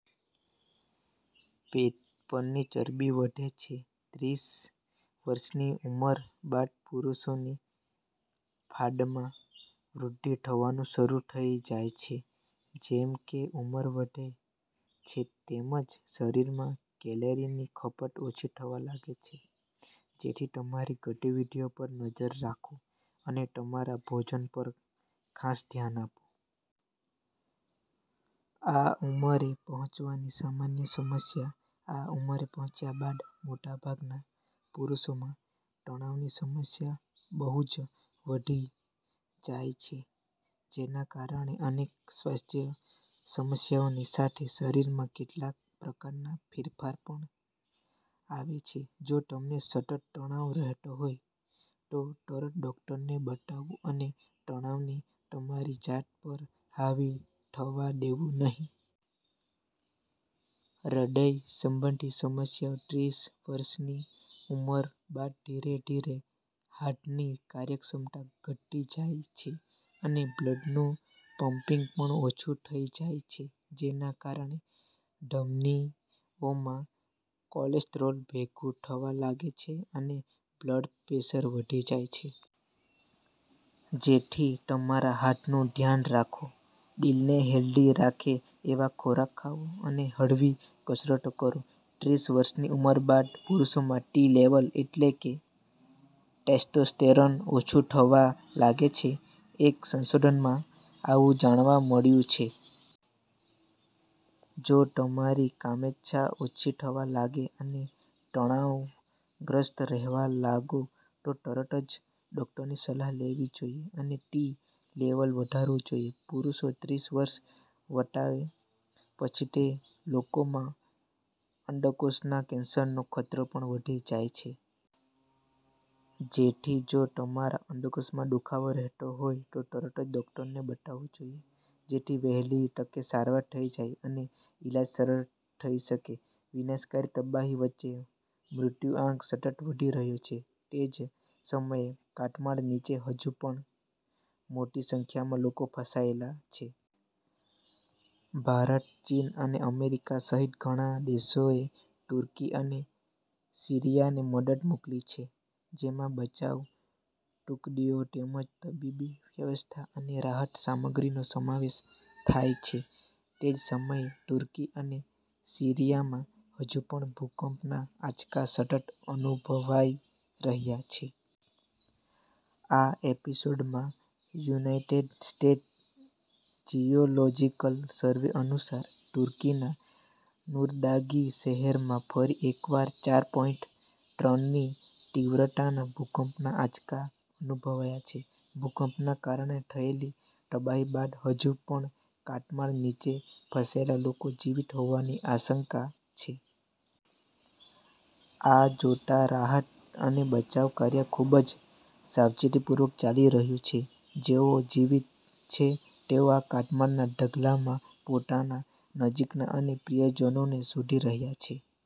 પેટ પરની ચરબી વધે છે ત્રીસ વર્ષની ઉંમર બાદ પુરૂષોની ફાંદમાં વૃદ્ધિ થવાનું શરૂ થઈ જાય છે. જેમ કે ઉંમર વધે છે તેમ જ શરીરમાં કેલરીની ખપત ઓછી થવા લાગે છે. જેથી તમારી ગતિવિધિઓ પર નજર રાખો અને તમારા ભોજન પર ખાસ ધ્યાન આપો. આ ઉંમરે પહોંચવાની સામાન્ય સમસ્યા આ ઉંમરે પહોંચ્યા બાદ મોટાભાગના પુરૂષોમાં તણાવની સમસ્યા બહુ જ વધી જાય છે. જેના કારણે અનેક સ્વાસ્થ્ય સમસ્યાઓની સાથે શરીરમાં કેટલાક પ્રકારના ફેરફાર પણ આવે છે. જો તમને સતત તણાવ રહેતો હોય તો તરત ડોક્ટરને બતાવવું અને તણાવને તમારી જાત પર હાવી થવા દેવું નહીં. હૃદય સંબંધી સમસ્યાઓ ત્રીસ વર્ષની ઉંમર બાદ ધીરે-ધીરે હાર્ટની કાર્યક્ષમતા ઘટતી જાય છે અને બ્લડનું પંપિગ પણ ઓછું થઈ જાય છે. જેના કારણે ધમનીઓમાં કોલેસ્ટ્રોલ ભેગું થવા લાગે છે અને બ્લડપ્રેશર વધી જાય છે. જેથી તમારા હાર્ટનું ધ્યાન રાખો, દિલને હેલ્ધી રાખે. એવા ખોરાક ખાઓ અને હળવી કસરતો કરો. ત્રીસ વર્ષની ઉંમર બાદ પુરૂષોમાં ટી લેવલ એટલે કે ટેસ્ટોસ્ટેરોન ઓછું થવા લાગે છે. એક સંશોધનમાં આવું જાણવા મળ્યું છે. જો તમારી કામેચ્છા ઓછી થવા લાગે અને તણાવગ્રસ્ત રહેવા લાગો તો તરત જ ડોક્ટરની સલાહ લેવી જોઈએ અને ટી લેવલને વધારવું જોઈએ. પુરૂષો ત્રીસ વર્ષ વટાવે પછી તે લોકોમાં અંડકોષના કેન્સરનો ખતરો પણ વધી જાય છે. જેથી જો તમારા અંડકોષમાં દુખાવો રહેતો હોય તો તરત જ ડોક્ટરને બતાવવું જોઈએ. જેથી વહેલી તકે સારવાર થઈ જાય અને ઈલાજ સરળ થઈ શકે. વિનાશકારી તબાહી વચ્ચે, મૃત્યુઆંક સતત વધી રહ્યો છે. તે જ સમયે, કાટમાળ નીચે હજુ પણ મોટી સંખ્યામાં લોકો ફસાયેલા છે. ભારત, ચીન અને અમેરિકા સહિત ઘણા દેશોએ તુર્કી અને સીરિયાને મદદ મોકલી છે. જેમાં બચાવ ટુકડીઓ તેમજ તબીબી વ્યવસ્થા અને રાહત સામગ્રીનો સમાવેશ થાય છે. તે જ સમયે, તુર્કી અને સીરિયામાં હજુ પણ ભૂકંપના આંચકા સતત અનુભવાઈ રહ્યા છે. આ એપિસોડમાં, યુનાઇટેડ સ્ટેટ્સ જિયોલોજિકલ સર્વે અનુસાર, તુર્કીના નૂરદાગી શહેરમાં ફરી એકવાર ચાર પોઈન્ટ ત્રણની તીવ્રતાના ભૂકંપના આંચકા અનુભવાયા છે. ભૂકંપના કારણે થયેલી તબાહી બાદ હજુ પણ કાટમાળ નીચે ફસાયેલા લોકો જીવિત હોવાની આશંકા છે. આ જોતા રાહત અને બચાવ કાર્ય ખૂબ જ સાવચેતીપૂર્વક ચાલી રહ્યું છે, જેઓ જીવિત છે તેઓ કાટમાળના ઢગલામાં પોતાના નજીકના અને પ્રિયજનોને શોધી રહ્યા છે.